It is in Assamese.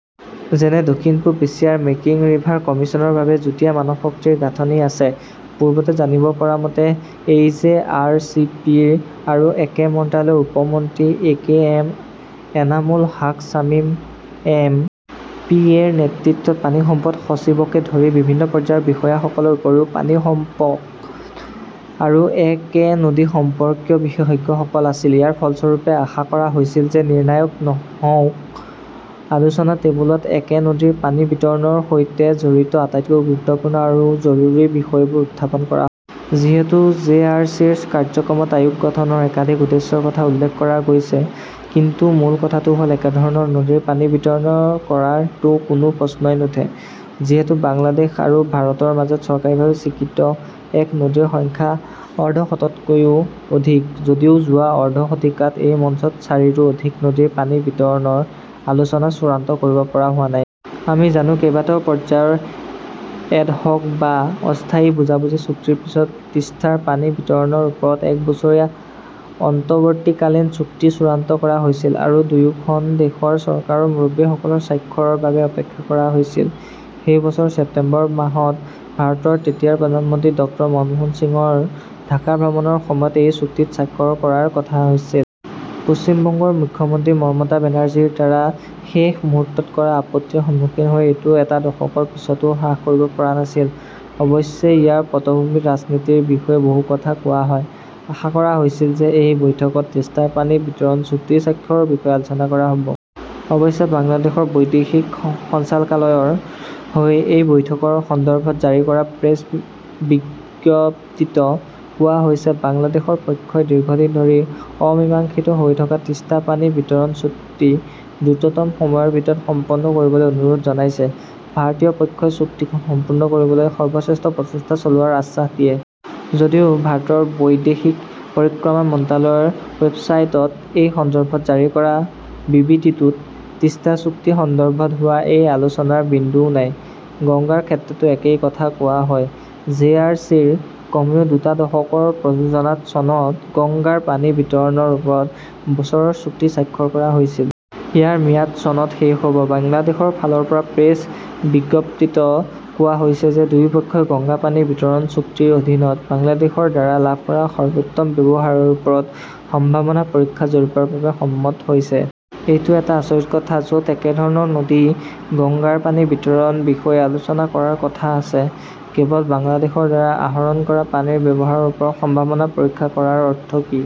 যেনে দক্ষিণ পূব এছিয়াৰ মেকং ৰিভাৰ কমিছনৰ বাবে যুটীয়া মানৱশক্তিৰ গাঁথনি আছে। পূৰ্বতে জানিব পৰা মতে, এই জে. আৰ. চি. পি. আৰু একে মন্ত্ৰালয়ৰ উপ মন্ত্ৰী A. K. M. Enamul Haque Shamim M. P. ৰ নেতৃত্বত, পানী সম্পদ সচিবকে ধৰি বিভিন্ন পৰ্যায়ৰ বিষয়াসকলৰ উপৰিও পানী সম্পদ আৰু একে নদী সম্পৰ্কীয় বিশেষজ্ঞসকল আছিল। ইয়াৰ ফলস্বৰূপে আশা কৰা হৈছিল যে নিৰ্ণায়ক নহওঁক, আলোচনা টেবুলত একে নদীৰ পানী বিতৰণৰ সৈতে জড়িত আটাইতকৈ গুৰুত্বপূৰ্ণ আৰু জৰুৰী বিষয়বোৰ উত্থাপন কৰা হ 'ব। যিহেতু জে. আৰ. চি. ৰ কাৰ্যক্ৰমত আয়োগ গঠনৰ একাধিক উদ্দেশ্যৰ কথা উল্লেখ কৰা হৈছে, কিন্তু মূল কথাটো হ’ল একেধৰণৰ নদীৰ পানী বিতৰণ কৰাটো কোনো প্ৰশ্নই নুঠে। যিহেতু বাংলাদেশ আৰু ভাৰতৰ মাজত চৰকাৰীভাৱে স্বীকৃত একে নদীৰ সংখ্যা অৰ্ধশততকৈও অধিক যদিও যোৱা অৰ্ধ শতিকাত এই মঞ্চত চাৰিৰো অধিক নদীৰ পানী বিতৰণৰ আলোচনা চূড়ান্ত কৰিব পৰা হোৱা নাই। আমি জানো, কেইবাটাও পৰ্যায়ৰ এডহক "বা অস্থায়ী বুজাবুজি চুক্তিৰ পিছত চনত তিষ্টাৰ পানী বিতৰণৰ ওপৰত এক বছৰীয়া' অন্তৱৰ্তীকালীন" চুক্তি চূড়ান্ত কৰা হৈছিল আৰু দুয়োখন দেশৰ চৰকাৰৰ মুৰব্বীসকলৰ স্বাক্ষৰৰ বাবে অপেক্ষা কৰা হৈছিল। সেই বছৰৰ ছেপ্টেম্বৰ মাহত ভাৰতৰ তেতিয়াৰ প্ৰধানমন্ত্ৰী ডক্টৰ মনমোহন সিঙৰ ঢাকা ভ্ৰমণৰ সময়ত এই চুক্তিত স্বাক্ষৰ কৰাৰ কথা আছিল। পশ্চিম বংগৰ মুখ্যমন্ত্ৰী মমতা বেনাৰ্জীৰ দ্বাৰা শেষ মুহূৰ্তত কৰা আপত্তিৰ সন্মুখীন হৈ এইটো এটা দশকৰ পিছতো হ্ৰাস কৰিব পৰা নাছিল। অৱশ্যে ইয়াৰ পটভূমিত ৰাজনীতি ৰ বিষয়ে বহু কথা কোৱা হয়। আশা কৰা হৈছিল যে এই বৈঠকত তিষ্টাৰ পানী বিতৰণ চুক্তি স্বাক্ষৰৰ বিষয়ে আলোচনা কৰা হ 'ব। অৱশ্যে, বাংলাদেশৰ বৈদেশিক সঞ্চালকালয়ৰ হৈ এই বৈঠকৰ সন্দৰ্ভত জাৰি কৰা প্ৰেছ বিজ্ঞপ্তিত কোৱা হৈছে-'বাংলাদেশৰ পক্ষই দীৰ্ঘদিন ধৰি অমীমাংসিত হৈ থকা তিষ্টা পানী বিতৰণ চুক্তি দ্ৰুততম সময়ৰ ভিতৰত সম্পন্ন কৰিবলৈ অনুৰোধ জনাইছে। ভাৰতীয় পক্ষই চুক্তিখন সম্পূৰ্ণ কৰিবলৈ সৰ্বশ্ৰেষ্ঠ প্ৰচেষ্টা চলোৱাৰ আশ্বাস দিয়ে। যদিও ভাৰতৰ বৈদেশিক পৰিক্ৰমা মন্ত্ৰালয়ৰ ৱেবছাইটত এই সন্দৰ্ভত জাৰি কৰা বিবৃতিটোত তিষ্টা চুক্তি সন্দৰ্ভত হোৱা এই আলোচনাৰ বিন্দুও নাই। গংগাৰ ক্ষেত্ৰতো একেই কথা কোৱা হয়। জে. আৰ. চি. ৰ কমেও দুটা দশকৰ প্ৰযোজনাত চনত গংগাৰ পানী বিতৰণৰ ওপৰত বছৰৰ চুক্তি স্বাক্ষৰ কৰা হৈছিল। ইয়াৰ ম্যাদ চনত শেষ হ 'ব। বাংলাদেশৰ ফালৰ পৰা প্ৰেছ বিজ্ঞপ্তিত কোৱা হৈছে যে 'দুয়োপক্ষই গংগা পানী বিতৰণ চুক্তিৰ অধীনত বাংলাদেশৰ দ্বাৰা লাভ কৰা সৰ্বোত্তম ব্যৱহাৰৰ ওপৰত সম্ভাৱনা পৰীক্ষা জৰীপৰ বাবে সন্মত হৈছে। এইটো এটা আচৰিত কথা। য 'ত একেধৰণৰ নদী গংগাৰ পানী বিতৰণৰ বিষয়ে আলোচনা কৰাৰ কথা আছে, কেৱল বাংলাদেশৰ দ্বাৰা আহৰণ কৰা পানীৰ ব্যৱহাৰৰ ওপৰত সম্ভাৱনা পৰীক্ষা কৰাৰ অৰ্থ কি